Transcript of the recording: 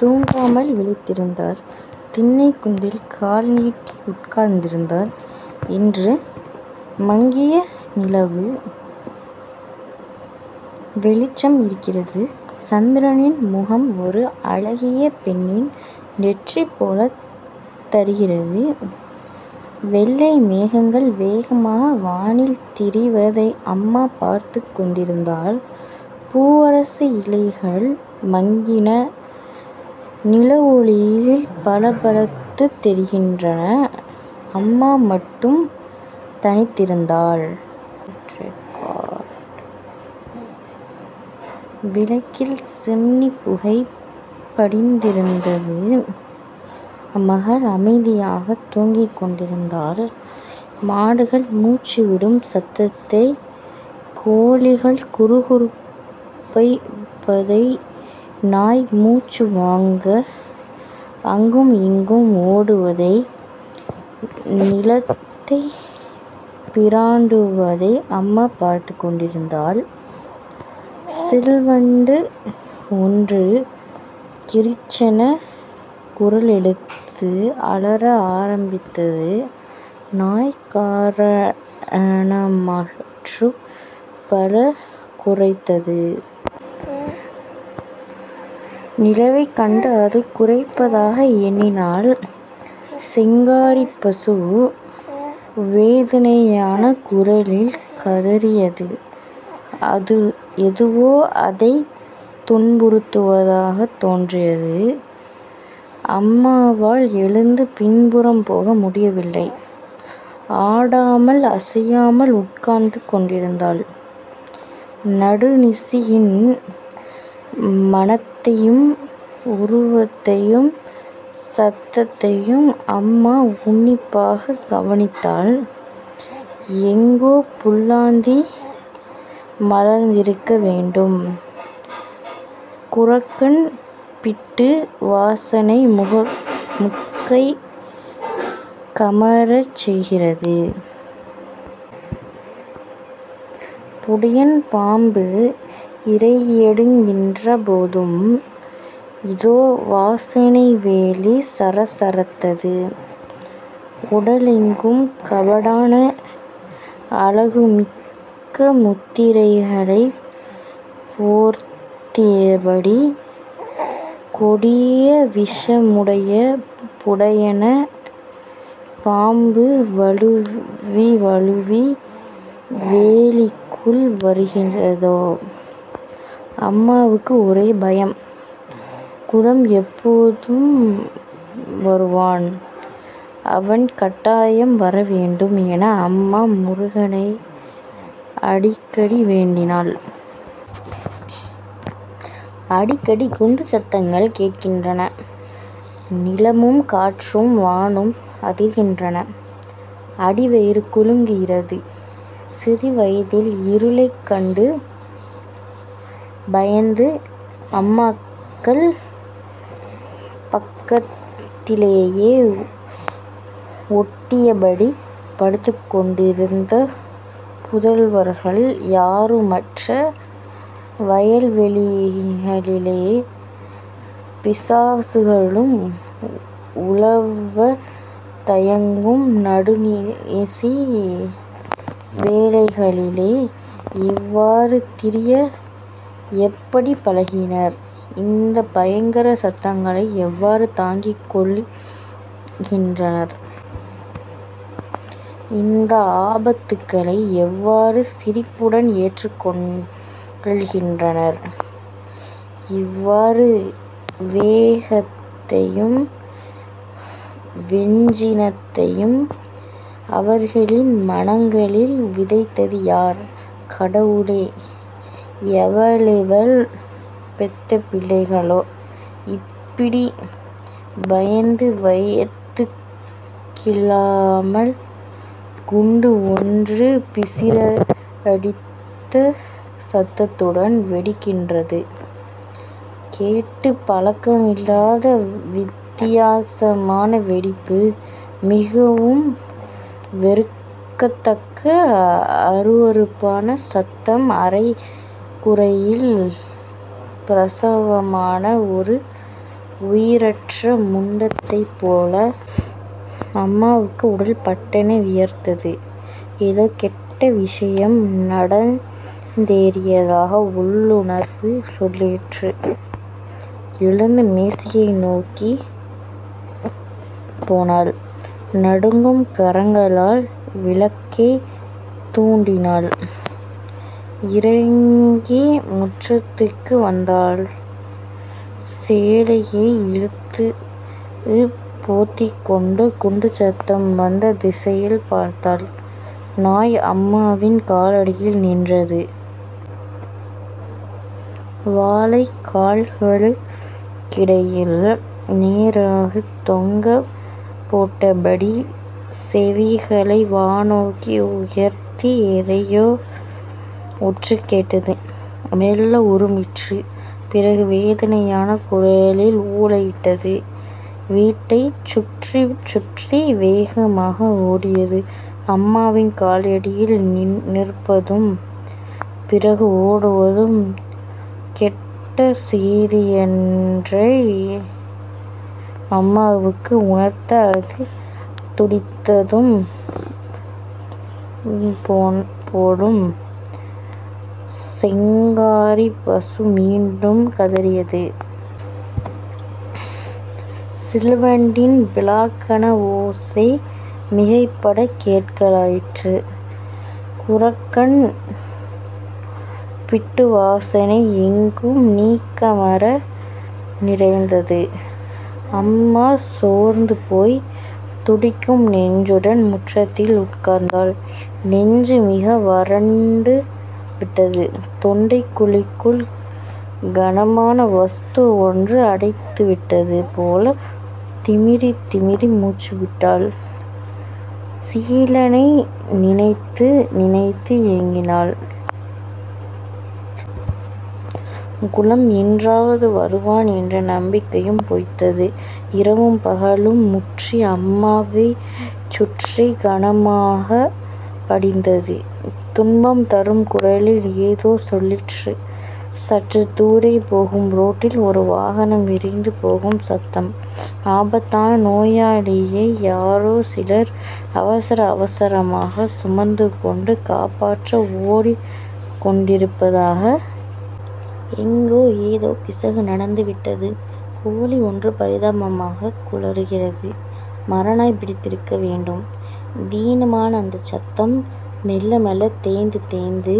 தூங்காமல் விழித்திருந்தாள். திண்ணைக் குந்தில் கால் நீட்டி உட்கார்ந்தாள். இன்று மங்கிய நிலவு வெளிச்சம் இருக்கிறது. சந்திரனின் முகம் ஒரு அழகிய பெண்ணின் நெற்றி போலத் தரிகிறது. வெள்ளை மேகங்கள் வேகமாக வானில் திரிவதை அம்மா பார்த்துக்கொண்டிருத்தாள். பூவரசயிலைகள் மங்கின நிலவொளியில் பளபளத்துத் தெரிகின்றன. அம்மா மட்டும் தனித்திருந்தாள். விளக்கில் சிம்னி புகை படிந்திருந்தது. மகள் அமைதியாகத் தூங்கிக் கொண்டிருந்தாள். மாடுகள் மூச்சு விடும் சத்தத்தை கோழிகள் குறுகுறுப்பதை நாய் மூச்சுவாங்க அங்கும் இங்கும் ஓடுவதை நிலத்தைப் பிராண்டுவதை. அம்மா பார்த்துக் கொண்டிருந்தாள். சிள்வண்டு ஒன்று கிரிச்சென குரலெடுத்து அலற ஆரம்பித்தது. நாய் காரணமற்றுப் பலமுறை குரைத்தது. நிலவைக் கண்டு அது குரைப்பதாக எண்ணினாள். செங்காரிப்பசு வேதனையான குரலில் கதறியது எதுவோ அதைத் துன்புறுத்துவதாகத் தோன்றியது. அம்மாவால் எழுந்து பின்புறம் போக முடியவில்லை. ஆடாமல் அசையாமல் உட்கார்ந்திருந்தாள். நடுநிசியின் மணத்தையும் உருவத்தையும் சத்தத்தையும் அம்மா உன்னிப்பாக கவனித்தாள். எங்கோ புல்லாந்தி மலர்ந்திருக்க வேண்டும். குரக்கன் பிட்டு வாசனை மூக்கைக் கமறச் செய்கிறது. புடையன் பாம்பு இரையெடுக்கின்ற போதும் இதே வாசனை வேலி சரசரத்தது. உடலெங்கும் கபடான அழகுமிக்க முத்திரைகளைப் போர்த்தியபடி கொடிய விஷமுடைய புடையன் பாம்பு வழுவி வழுவி வேலிக்குள் வருகிறதோ? அம்மாவுக்கு ஒரே பயம் குலம் எப்போது வருவான்? அவன் கட்டாயம் வரவேண்டும் என அம்மா முருகனை அடிக்கடி வேண்டினாள். அடிக்கடி குண்டுச் சத்தங்கள் கேட்கின்றன. நிலமும் காற்றும் வானும் அதிர்கின்றன. அடிவயிறு குலுங்குகிறது. சிறுவயதில் இருளைக் கண்டு பயந்து அம்மாக்கள் பக்கத்திலேயே ஒட்டியபடி படுத்திருந்த புதல்வர்கள் யாருமற்ற வயல்வெளிகளிலே பிசாசுகளும் உலவத் தயங்கும் நடுநிசி வேளைகளிலே இவ்வாறு திரிய எப்படிப் பழகினர்? இந்தப் பயங்கர சத்தங்களை எவ்வாறு தாங்கிக் கொள்கின்றனர்? இந்த ஆபத்துக்களை எவ்வாறு சிரிப்புடன் ஏற்றுக் கொள்கின்றனர்? இவ்வாறு வேகத்தையும் வெஞ்சினத்தையும் அவர்களின் மனங்களில் விதைத்தது யார்? கடவுளே எவளெவள் பெத்த பிள்ளையளோ.. இப்பிடி வாய்க்கு வயித்துக்கில்லாமல்..குண்டு ஒன்று பிசிறடித்த சத்தத்துடன் வெடிக்கின்றது. கேட்டுப் பழக்கமில்லாத வித்தியாசமான வெடிப்பு. மிகவும் வெறுக்கத்தக்க அருவருப்பான சத்தம் அரை குறையில் பிரசவமான ஒரு உயிரற்ற முண்டத்தைப் போல. அம்மாவுக்கு உடல் பட்டென வியர்த்தது. ஏதோ கெட்ட விஷயம் நடந்தேறியதாக உள்ளுணர்வு சொல்லிற்று. எழுந்து மேசையை நோக்கிப் போனாள். நடுங்கும் கரங்களால் விளக்கைத் தூண்டினாள். இறங்கி முற்றத்துக்கு வந்தாள். சேலையை இழுத்துப் போத்திக்கொண்டு குண்டுச் சத்தம் வந்த திசையில் பார்த்தாள். நாய் அம்மாவின் காலடியில் நின்றது. வாலைக் கால்களுக்கிடையில் நேராகத்தொங்கப் போட்டபடி செவிகளை வானோக்கி உயர்த்தி எதையோ உற்றுக் கேட்டது. மெல்ல உறுமிற்று. பிறகு வேதனையான குரலில் ஊளையிட்டது. வீட்டைச் சுற்றிச்சுற்றி வேகமாக ஓடியது. அம்மாவின் காலடியில் நிற்பதும்... பிறகு ஓடுவதும்... கெட்ட சேதியன்றை அம்மாவுக்கு உணர்த்த அது துடித்ததும் போலும்! செங்காரிப் பசு மீண்டும் கதறியது. சிள்வண்டின் பிலாக்கண ஓசை மிகைபடக் கேட்கலாயிற்று. குரக்கன் பிட்டுவாசனை எங்கும் நீக்கமற நிறைந்தது. அம்மா சோர்ந்துபோய், துடிக்கும் நெஞ்சுடன் முற்றத்தில் உட்கார்ந்தாள். நெஞ்சு மிக வரண்டு விட்டது. தொண்டைக் குழிக்குள் கனமான வஸ்து ஒன்று அடைத்துவிட்டது போலத் திமிறித்திமிறி மூச்சுவிட்டாள். சீலனை நினைத்து நினைத்து ஏங்கினாள். குலம் இன்றாவது வருவான் என்ற நம்பிக்கையும் பொய்த்தது. இரவும் பகலும் முற்றி அம்மாவைச் சுற்றிக் கனமாகப் படிந்தது, துன்பம் தரும் குரலில் ஏதோ சொல்லிற்று. சற்றுத் தூரே போகும் ரோட்டில் ஒரு வாகனம் விரைந்து போகும் சத்தம். ஆபத்தான நோயாளியை யாரோ சிலர் அவசர அவசரமாகச் சுமந்துகொணடு காப்பாற்ற ஓடிக் கொண்டிருப்பதாக.... எங்கோ ஏதோ பிசகு நடந்துவிட்டது. கோழிஒன்று பரிதாபமாகக் குழறுகிறது. மரநாய் பிடித்திருக்க வேண்டும். தீனமான அந்தச் சத்தம் மெல்ல மெல்லத் தேய்ந்து தேய்ந்து